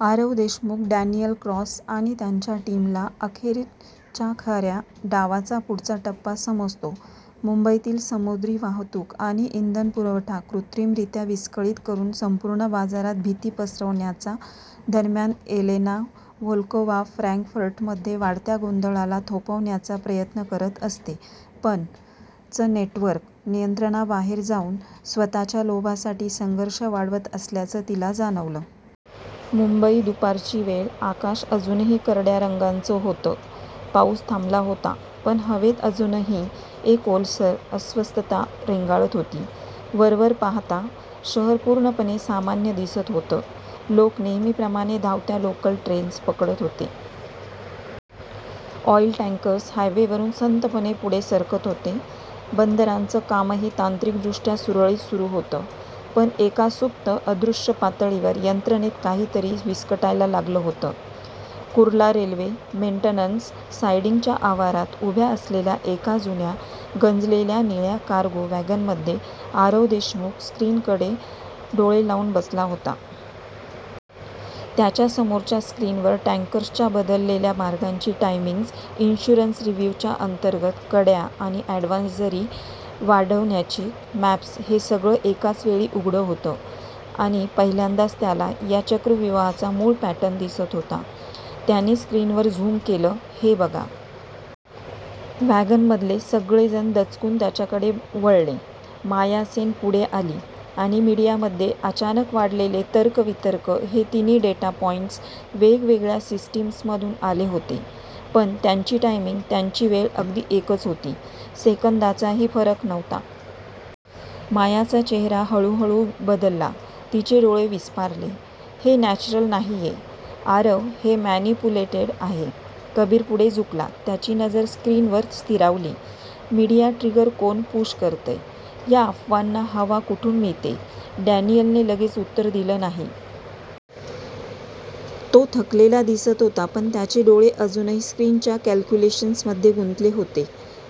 Aarav Deshmukh, Daniel Cross आणि त्यांच्या टीमला अखेर च्या खऱ्या डावाचा पुढचा टप्पा समजतो मुंबईतील समुद्री वाहतूक आणि इंधन पुरवठा कृत्रिमरीत्या विस्कळीत करून संपूर्ण बाजारात भीती पसरवण्याचा. दरम्यान एलेना व्होल्कोव्हा फ्रँकफर्टमध्ये वाढत्या गोंधळाला थोपवण्याचा प्रयत्न करत असते, पण चं नेटवर्क नियंत्रणाबाहेर जाऊन स्वतःच्या लोभासाठी संघर्ष वाढवत असल्याचं तिला जाणवतं. मुंबई, दुपारची वेळ. आकाश अजूनही करड्या रंगाचं होतं. पाऊस थांबला होता, पण हवेत अजूनही एक ओलसर अस्वस्थता रेंगाळत होती. वरवर पाहता शहर पूर्णपणे सामान्य दिसत होतं. लोक नेहमीप्रमाणे धावत्या लोकल ट्रेन्स पकडत होते. ऑईल टँकर्स हायवेवरून संथपणे पुढे सरकत होते. बंदरांचं कामही तांत्रिकदृष्ट्या सुरळीत सुरू होतं. पण एका सुप्त, अदृश्य पातळीवर यंत्रणेत काहीतरी विस्कटायला लागलं होतं. कुर्ला रेल्वे मेंटेनन्स सायडिंगच्या आवारात उभ्या असलेल्या एका जुन्या, गंजलेल्या निळ्या कार्गो वॅगनमध्ये आरव देशमुख स्क्रीनकडे डोळे लावून बसला होता. त्याच्या समोरच्या स्क्रीनवर टँकर्सच्या बदललेल्या मार्गांची टायमिंग्स, इन्शुरन्स रिव्ह्यूच्या अंतर्गत कड्या आणि अॅडव्हायझरी वाढवण्याचे मॅप्स हे सगळं एकाच वेळी उघडं होतं आणि पहिल्यांदाच त्याला या चक्रव्यूहाचा मूळ पॅटर्न दिसत होता. त्याने स्क्रीनवर झूम केलं, "हे बघा. " वॅगनमधले सगळे जण दचकून त्याच्याकडे वळले. माया सेन पुढे आली आणि मीडियामध्ये अचानक वाढलेले तर्कवितर्क हे तिन्ही डेटा पॉइंट्स वेगवेगळ्या सिस्टीम्समधून आले होते, पण त्यांची टायमिंग त्यांची वेळ अगदी एकच होती. सेकंदाचाही फरक नव्हता. मायाचा चेहरा हळूहळू बदलला. तिचे डोळे विस्फारले. "हे नॅचरल नाहीये आरव हे मॅनिपुलेटेड आहे." कबीर पुढे झुकला. त्याची नजर स्क्रीनवर स्थिरावली. "मीडिया ट्रिगर कोण पुश करतंय? या अफवांना हवा कुठून मिळतेय? " डॅनियलने लगेच उत्तर दिलं नाही. तो थकलेला दिसत होता, पण त्याचे डोळे अजूनही स्क्रीनवरच्या कॅल्क्युलेशन्समध्ये गुंतले होते.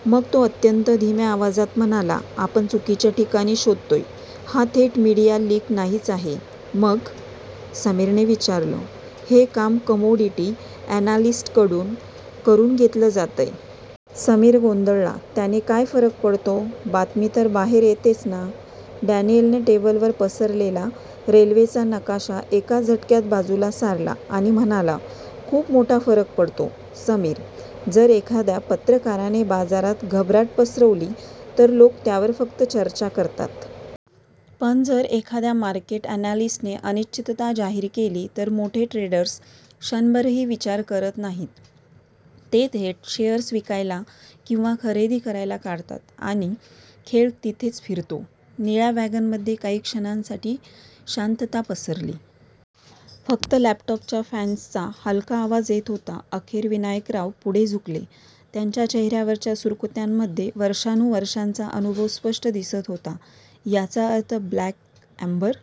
मग तो अत्यंत धीम्या आवाजात म्हणाला, "आपण चुकीच्या ठिकाणी शोधतोय. हा थेट मीडिया लीक नाहीच आहे." "मग? " समीरने विचारलं. "हे काम 'कमोडिटी अॅनालिस्ट्स' कडून करून घेतलं जातंय. " समीर गोंधळला, "त्याने काय फरक पडतो? बातमी तर बाहेर येतेच ना? " डॅनियलने टेबलवर पसरलेला रेल्वेचा नकाशा एका झटक्यात बाजूला सारला आणि म्हणाला, "खूप मोठा फरक पडतो समीर. जर एखाद्या पत्रकाराने बाजारात घबराट पसरवली तर लोक त्यावर फक्त चर्चा करतात. पण जर एखाद्या मार्केट अॅनालिस्टने अनिश्चितता जाहीर केली. तर मोठे ट्रेडर्स क्षणभरही विचार करत नाहीत. ते थेट शेअर्स विकायला किंवा खरेदी करायला काढतात आणि खेळ तिथेच फिरतो. " निळ्या वॅगनमध्ये काही क्षणांसाठी शांतता पसरली. फक्त लॅपटॉपच्या फॅन्सचा हलका आवाज येत होता. अखेर विनायकराव पुढे झुकले. त्यांच्या चेहऱ्यावरच्या सुरकुत्यांमध्ये वर्षानुवर्षांचा अनुभव स्पष्ट दिसत होता." याचा अर्थ 'ब्लॅक एम्बर'